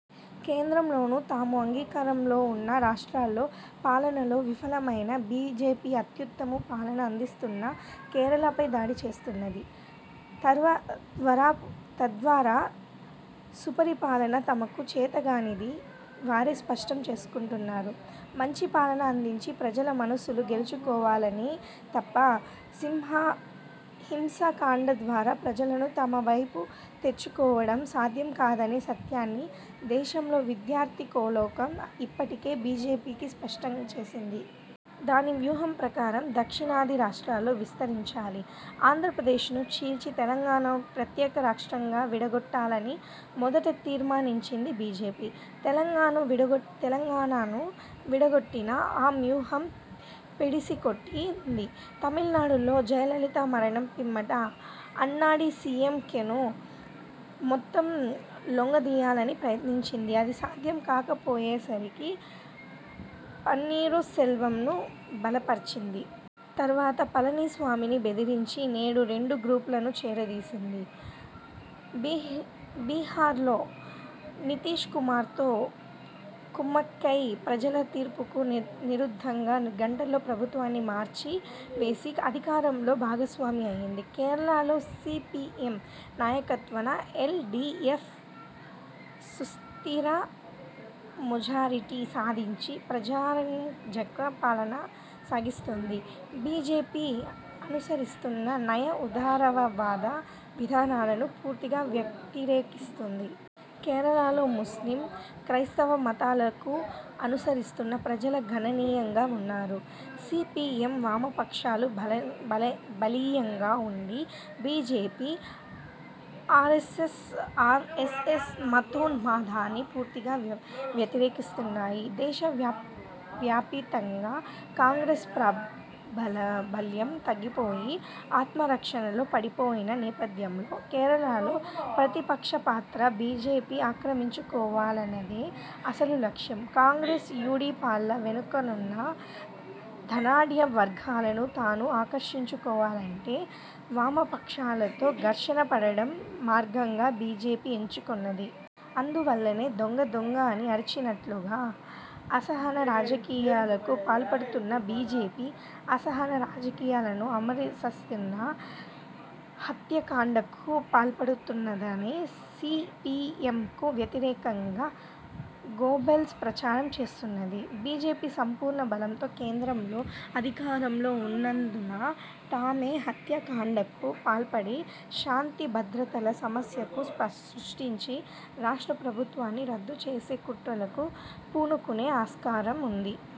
కేంద్రంలోనూ, తామూ అధికారంలోవున్న రాష్ట్రాల్లో పాలనలో విఫలమైన బీజేపీ అత్యుత్తమ పాలన అందిస్తున్న కేరళపై దాడిచేస్తున్నది. తద్వారా సుపరిపాలన తమకు చేతకాదని వారే స్పష్టం చేసుకుంటున్నారు. మంచి పాలన అందించి ప్రజల మనసులు గెలుచుకోవాలి తప్ప హింసాకాండ ద్వారా ప్రజలను తమ వైపు తెచ్చుకోవటం సాధ్యంకాదనే సత్యాన్ని దేశంలోని విద్యార్థిలోకం ఇప్పటికే బీజేపీకి స్పష్టం చేసింది. దాని వ్యూహం ప్రకారం దక్షిణాది రాష్ట్రాల్లో విస్తరించాలి. ఆంధ్రప్రదేశ్ను చీల్చి తెలంగాణను ప్రత్యేక రాష్ట్రంగా విడగొట్టాలని మొదట తీర్మానించింది బీజేపీ. తెలంగాణను విడగొట్టినా ఆ వ్యూహం బెడిసికొట్టింది. తమిళనాడులో జయలలిత మరణం పిమ్మట అన్నాడీఎంకేను మొత్తం లొంగదీయాలని ప్రయత్నించింది. అది సాధ్యంకాకపోయేసరికి పన్నీరు సెల్వంను బలపర్చింది. తర్వాత పళనిస్వామిని బెదిరించి నేడు రెండు గ్రూప్లను చేరదీసింది. బిహార్లో నితీశ్ కుమార్తో కుమ్మక్కై ప్రజలతీర్పుకు విరుద్ధంగా గంటల్లో ప్రభుత్వాన్ని మార్చి వేసి అధికారంలో భాగస్వామి అయింది. కేరళలో సీపీఎం నాయకత్వాన ఎల్ డీఎఫ్ సుస్థిర మెజారిటీ సాధించి ప్రజారంజక పాలన సాగిస్తోంది. బీజేపీ అనుసరిస్తున్న నయా ఉదారవాద విధానాలను పూర్తిగా వ్యతిరేకిస్తోంది. కేరళలో ముస్లిం, క్రైస్తవ మతాలను అనుసరిస్తున్న ప్రజలు గణనీయంగా వున్నారు. సీపీఎం, వామపక్షాలు బలీయంగా ఉండి బీజేపీ, ఆరెస్సెస్ మతోన్మాదాన్ని పూర్తిగా వ్యతిరేకిస్తున్నాయి. దేశ వ్యాపితంగా కాంగ్రెస్ ప్రాబల్యం తగ్గిపోయి ఆత్మరక్షణలో పడిపోయిన నేపథ్యంలో, కేరళలో ప్రతిపక్షపాత్ర బీజేపీ ఆక్రమించుకోవాలనేది అసలు లక్ష్యం. కాంగ్రెస్, యూడీఎఫ్ల వెనుకవున్న ధనాడ్యవర్గాలను తాను ఆకర్షించుకోవాలంటే వామపక్షాలతో ఘర్షణపడటం మార్గంగా బీజేపీ ఎంచుకొన్నది. అందువల్లనే దొంగ దొంగ అని అరచినట్లుగా అసహన రాజకీయాలకు పాల్పడుతున్న బీజేపీ, అసహన రాజకీయాలను అనుసరిస్తూ హత్యాకాండకు పాల్పడుతున్నదని సీపీఎంకు వ్యతిరేకంగా గోబెల్స్ ప్రచారం చేస్తున్నది. బీజేపీ సంపూర్ణ బలంతో కేంద్రంలో అధికారంలో ఉన్నందున తామే హత్యాకాండకు పాల్పడి, శాంతిభద్రతల సమస్యను సృష్టించి, రాష్ట్ర ప్రభుత్వాన్ని రద్దు చేసే కుట్రలకు పూనుకునే ఆస్కారం వుంది.